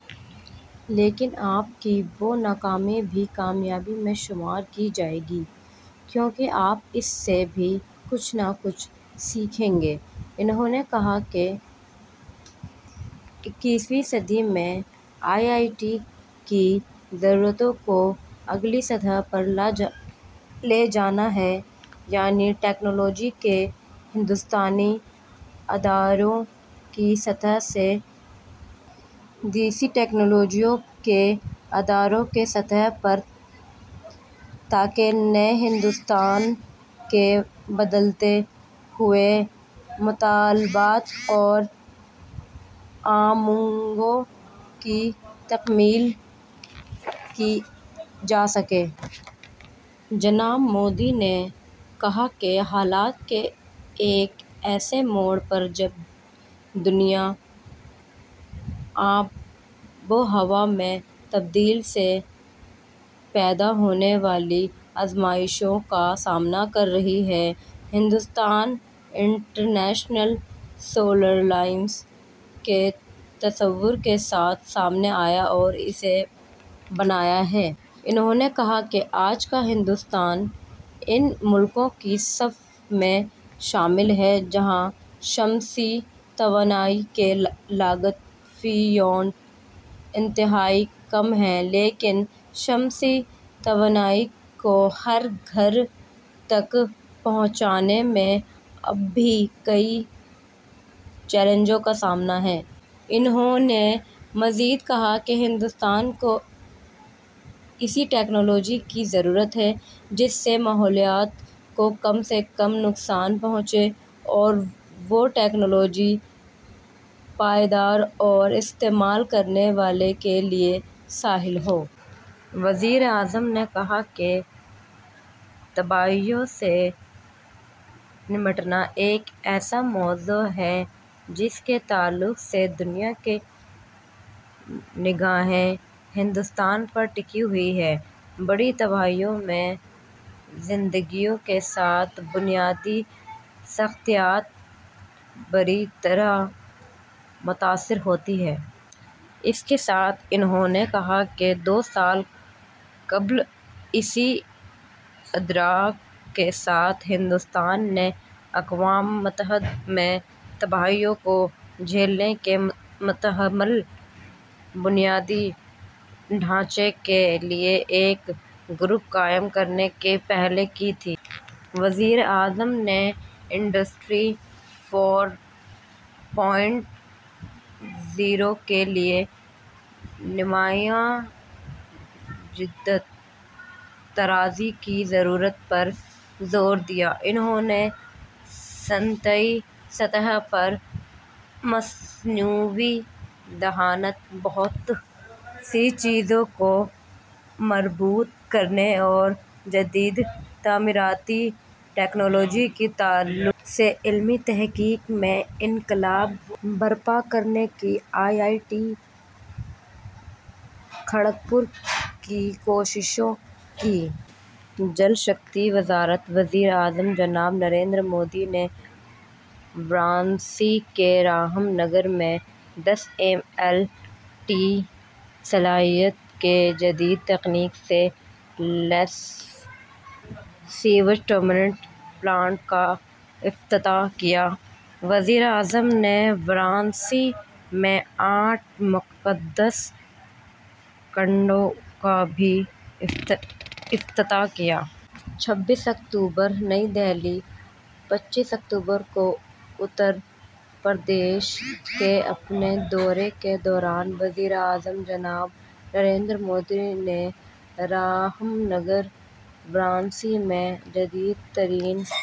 لیکن آپ کی وہ ناکامی بھی کامیابی میں شمار کی جائے گی، کیونکہ آپ اس سے بھی کچھ نہ کچھ سیکھیں گے۔ انہوں نے کہا کہ اکیسویں صدی میں آئی آئی ٹی کی ضرورتوں کو اگلی سطح پر لے جانا ہے، یعنی ٹیکنالوجی کے ہندوستانی اداروں کی سطح سے دیسی ٹیکنالوجیوں کے اداروں کی سطح پر، تاکہ نئے ہندوستان کے بدلتے ہوئے مطالبات اور امنگوں کی تکمیل کی جاسکے۔ جناب مودی نے کہا کہ حالات کے ایک ایسے موڑ پر جب دنیا آب و ہوا میں تبدیلی سے پیدا ہونے والی آزمائشوں کا سامنا کررہی ہے، ہندوستان انٹرنیشنل سولر الائنس کے تصور کے ساتھ سامنے آیا اور اسے بنایا ہے۔ انہوں نے کہا کہ آج کا ہندوستان ان ملکوں کی صف میں شامل ہے جہاں شمسی توانائی کی لاگت فی یونٹ انتہائی کم ہے، لیکن شمسی توانائی کو ہر گھر تک پہنچانے میں اب بھی کئی چیلنجوں کا سامنا ہے۔ انہوں نے مزید کہا کہ ہندوستان کو ایسی ٹیکنالوجی کی ضرورت ہے جس سے ماحولیات کو کم سے کم نقصان پہنچے اور وہ ٹیکنالوجی پائیدار اور استعمال کرنے والے کے لیے سہل ہو۔ وزیر اعظم نے کہا کہ تباہیوں سے نمٹنا ایک ایسا موضوع ہے جس کے تعلق سے دنیا کی نگاہیں ہندوستان پر ٹکی ہوئی ہیں۔ بڑی تباہیوں میں زندگیوں کے ساتھ بنیادی ساختیات بری طرح متاثر ہوتی ہیں۔ اسی کے ساتھ انہوں نے کہا کہ دو سال قبل اسی ادراک کے ساتھ ہندوستان نے اقوام متحدہ میں تباہیوں کو جھیلنے کے متحمل بنیادی ڈھانچے کے لیے ایک گروپ قائم کرنے کی پہل کی تھی۔ وزیر اعظم نے انڈسٹری فور پوائنٹ زیرو کے لیے نمایاں جدت طرازی کی ضرورت پر زور دیا۔ انہوں نے صنعتی سطح پر مصنوعی ذہانت، بہت سی چیزوں کو مربوط کرنے اور جدید تعمیراتی ٹیکنالوجی کے تعلق سے علمی تحقیق میں انقلاب برپا کرنے کی آئی آئی ٹی کھڑگ پور کی کوششوں کی۔ جل شکتی وزارت۔ وزیر اعظم جناب نریندر مودی نے وارانسی کے رام نگر میں دس ایم ایل ڈی صلاحیت کے جدید تکنیک سے لیس سیویج ٹریٹمنٹ پلانٹ کا افتتاح کیا۔ وزیر اعظم نے وارانسی میں آٹھ مقدس کنڈوں کا بھی افتتاح کیا۔ چھبیس اکتوبر، نئی دہلی: پچیس اکتوبر کو اتر پردیش کے اپنے دورے کے دوران وزیر اعظم جناب نریندر مودی نے رام نگر، وارانسی میں جدید ترین...